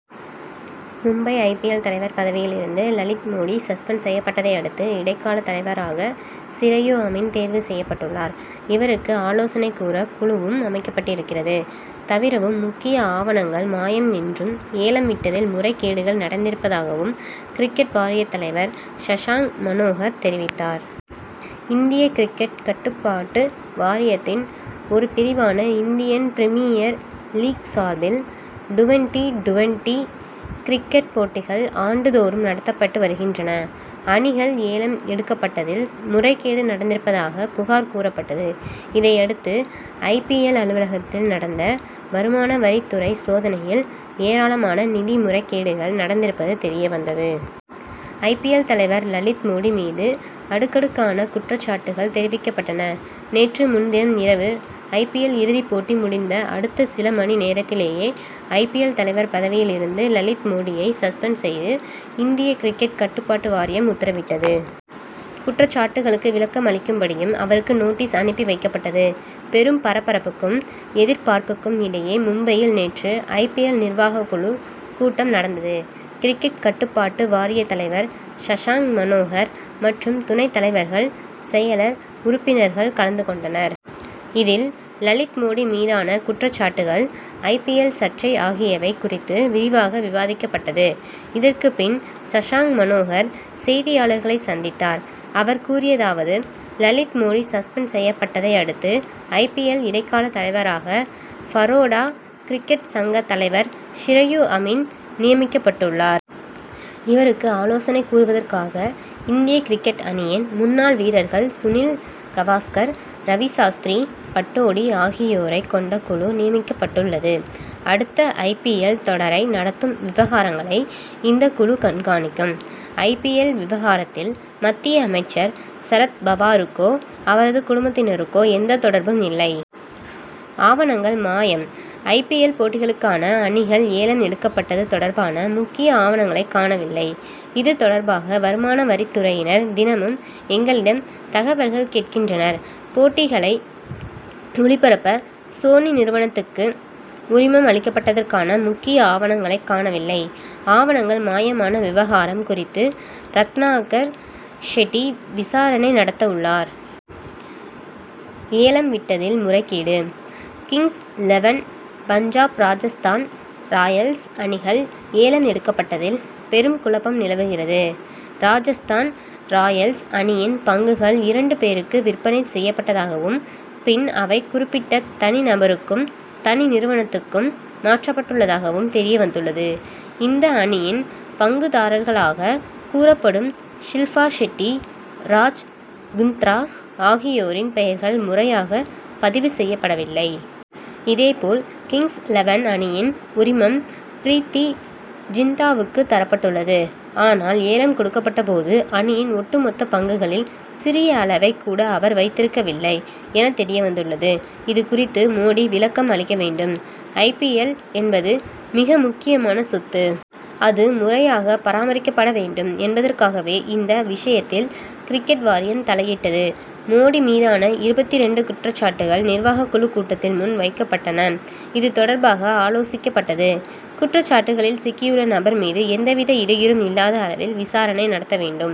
Mumbai I. P. L. தலைவர் பதவியில் இருந்து லலித் மோடி சஸ்பெண்ட் செய்யப்பட்டதை அடுத்து இடைக்கால தலைவராக சிரயு அமீன் தேர்வு செய்யப்பட்டுள்ளார். இவருக்கு ஆலோசனை கூற குழுவும் அமைக்கப்பட்டிருக்கிறது. தவிரவும் முக்கிய ஆவணங்கள் மாயம் என்றும் ஏலம் விட்டதில் முறைகேடுகள் நடந்திருப்பதாகவும் கிரிக்கெட் வாரியத் தலைவர் சஷாங் மனோகர் தெரிவித்தார். இந்திய கிரிக்கெட் கட்டுப்பாட்டு வாரியத்தின் ஒரு பிரிவான இந்தியன் பிரிமியர் லீக் சார்பில் டுவென்டி-டுவென்டி கிரிக்கெட் போட்டிகள் ஆண்டு தோறும் நடத்தப்பட்டு வருகின்றன. அணிகள் ஏலம் எடுக்கப்பட்டதில் முறைகேடு நடந்திருப்பதாக புகார் கூறப்பட்டது. இதையடுத்து ஐ. பி. எல். அலுவலகத்தில் நடந்த வருமானவரித் துறை சோதனையில் ஏராளமான நிதி முறைகேடுகள் நடந்திருப்பது தெரியவந்தது. ஐ. பி. எல். தலைவர் லலித் மோடி மீது அடுக்கடுக்கான குற்றச்சாட்டுகள் தெரிவிக்கப்பட்டன. நேற்று முன்தினம் இரவு ஐ. பி. எல். இறுதிப் போட்டி முடிந்த அடுத்த சில மணி நேரத்திலேயே ஐ. பி. எல். தலைவர் பதவியில் இருந்து லலித் மோடியை சஸ்பெண்ட் செய்து இந்திய கிரிக்கெட் கட்டுப்பாட்டு வாரியம் உத்தரவிட்டது. குற்றச்சாட்டுகளுக்கு விளக்கம் அளிக்கும்படியும் அவருக்கு நோட்டீஸ் அனுப்பி வைக்கப்பட்டது. பெரும் பரபரப்புக்கும் எதிர்பார்ப்புக்கும் இடையே மும்பையில் நேற்று ஐ. பி. எல். நிர்வாகக் குழு கூட்டம் நடந்தது. கிரிக்கெட் கட்டுப்பாட்டு வாரிய தலைவர் சஷாங் மனோகர் மற்றும் துணைத் தலைவர்கள் செயலர் உறுப்பினர்கள் கலந்து கொண்டனர். இதில் லலித் மோடி மீதான குற்றச்சாட்டுகள் ஐ. பி. எல். சர்ச்சை ஆகியவை குறித்து விரிவாக விவாதிக்கப்பட்டது. இதற்கு பின் சஷாங் மனோகர் செய்தியாளர்களை சந்தித்தார். அவர் கூறியதாவது. லலித் மோடி சஸ்பெண்ட் செய்யப்பட்டதை அடுத்து ஐ. பி. எல். இடைக்கால தலைவராக பரோடா கிரிக்கெட் சங்க தலைவர் சிரயு அமீன் நியமிக்கப்பட்டுள்ளார். இவருக்கு ஆலோசனை கூறுவதற்காக இந்திய கிரிக்கெட் அணியின் முன்னாள் வீரர்கள் சுனில் கவாஸ்கர் ரவி சாஸ்திரி பட்டோடி ஆகியோரைக் கொண்ட குழு நியமிக்கப்பட்டுள்ளது. அடுத்த ஐ. பி. எல். தொடரை நடத் தும் விவகாரங்களை இந்த குழு கண்காணிக்கும். ஐ. பி. எல். விவகாரத்தில் மத்திய அமைச்சர் சரத் பவாருக்கோ அவரது குடும்பத்தினருக்கோ எந்த தொடர்பும் இல்லை. ஆவணங்கள் மாயம். ஐ. பி. எல். போட்டிகளுக்கான அணிகள் ஏலம் எடுக்கப்பட்டது தொடர்பான முக்கிய ஆவணங்களை காணவில்லை. இது தொடர்பாக வருமானவரித் துறையினர் தினமும் எங்களிடம் தகவல்கள் கேட்கின்றனர். போட்டிகளை ஒளிபரப்ப சோனி நிறுவனத்துக்கு உரிமம் அளிக்கப்பட்டதற்கான முக்கிய ஆவணங்களை காணவில்லை. ஆவணங்கள் மாயமான விவகாரம் குறித்து ரத்னாகர் ஷெட்டி விசாரணை நடத்தவுள்ளார். ஏலம் விட்டதில் முறைகேடு. Kings Eleven Punjab Rajasthan Royals அணிகள் ஏலம் எடுக்கப்பட்டதில் பெரும் குழப்பம் நிலவுகிறது. ராஜஸ்தான் ராயல்ஸ் அணியின் பங்குகள் இரண்டு பேருக்கு விற்பனை செய்யப்பட்டதாகவும் பின் அவை குறிப்பிட்ட தனி நபருக்கும் தனி நிறுவனத்துக்கும் மாற்றப்பட்டுள்ளதாகவும் தெரியவந்துள்ளது. இந்த அணியின் பங்குதாரர்களாக கூறப்படும் ஷில்பா ஷெட்டி ராஜ் குந்த்ரா ஆகியோரின் பெயர்கள் முறையாக பதிவு செய்யப்படவில்லை. இதேபோல் கிங்ஸ் லெவன் அணியின் உரிமம் ப்ரீத்தி ஜிந்தாவுக்கு தரப்பட்டுள்ளது. ஆனால் ஏலம் கொடுக்கப்பட்டபோது அணியின் ஒட்டுமொத்த பங்குகளில் சிறிய அளவைக் கூட அவர் வைத்திருக்கவில்லை என தெரியவந்துள்ளது. இதுகுறித்து மோடி விளக்கம் அளிக்க வேண்டும். ஐ. பி. எல். என்பது மிக முக்கியமான சொத்து. அது முறையாக பராமரிக்கப்பட வேண்டும் என்பதற்காகவே இந்த விஷயத்தில் கிரிக்கெட் வாரியம் தலையிட்டது. மோடி மீதான இருபத்திரண்டு குற்றச்சாட்டுகள் நிர்வாகக் குழு கூட்டத்தில் முன் வைக்கப் பட்டன. இது தொடர்பாக ஆலோசிக்கப்பட்டது. குற்றச்சாட்டுகளில் சிக்கியுள்ள நபர் மீது எந்தவித இடையூறும் இல்லாத அளவில் விசாரணை நடத்த வேண்டும்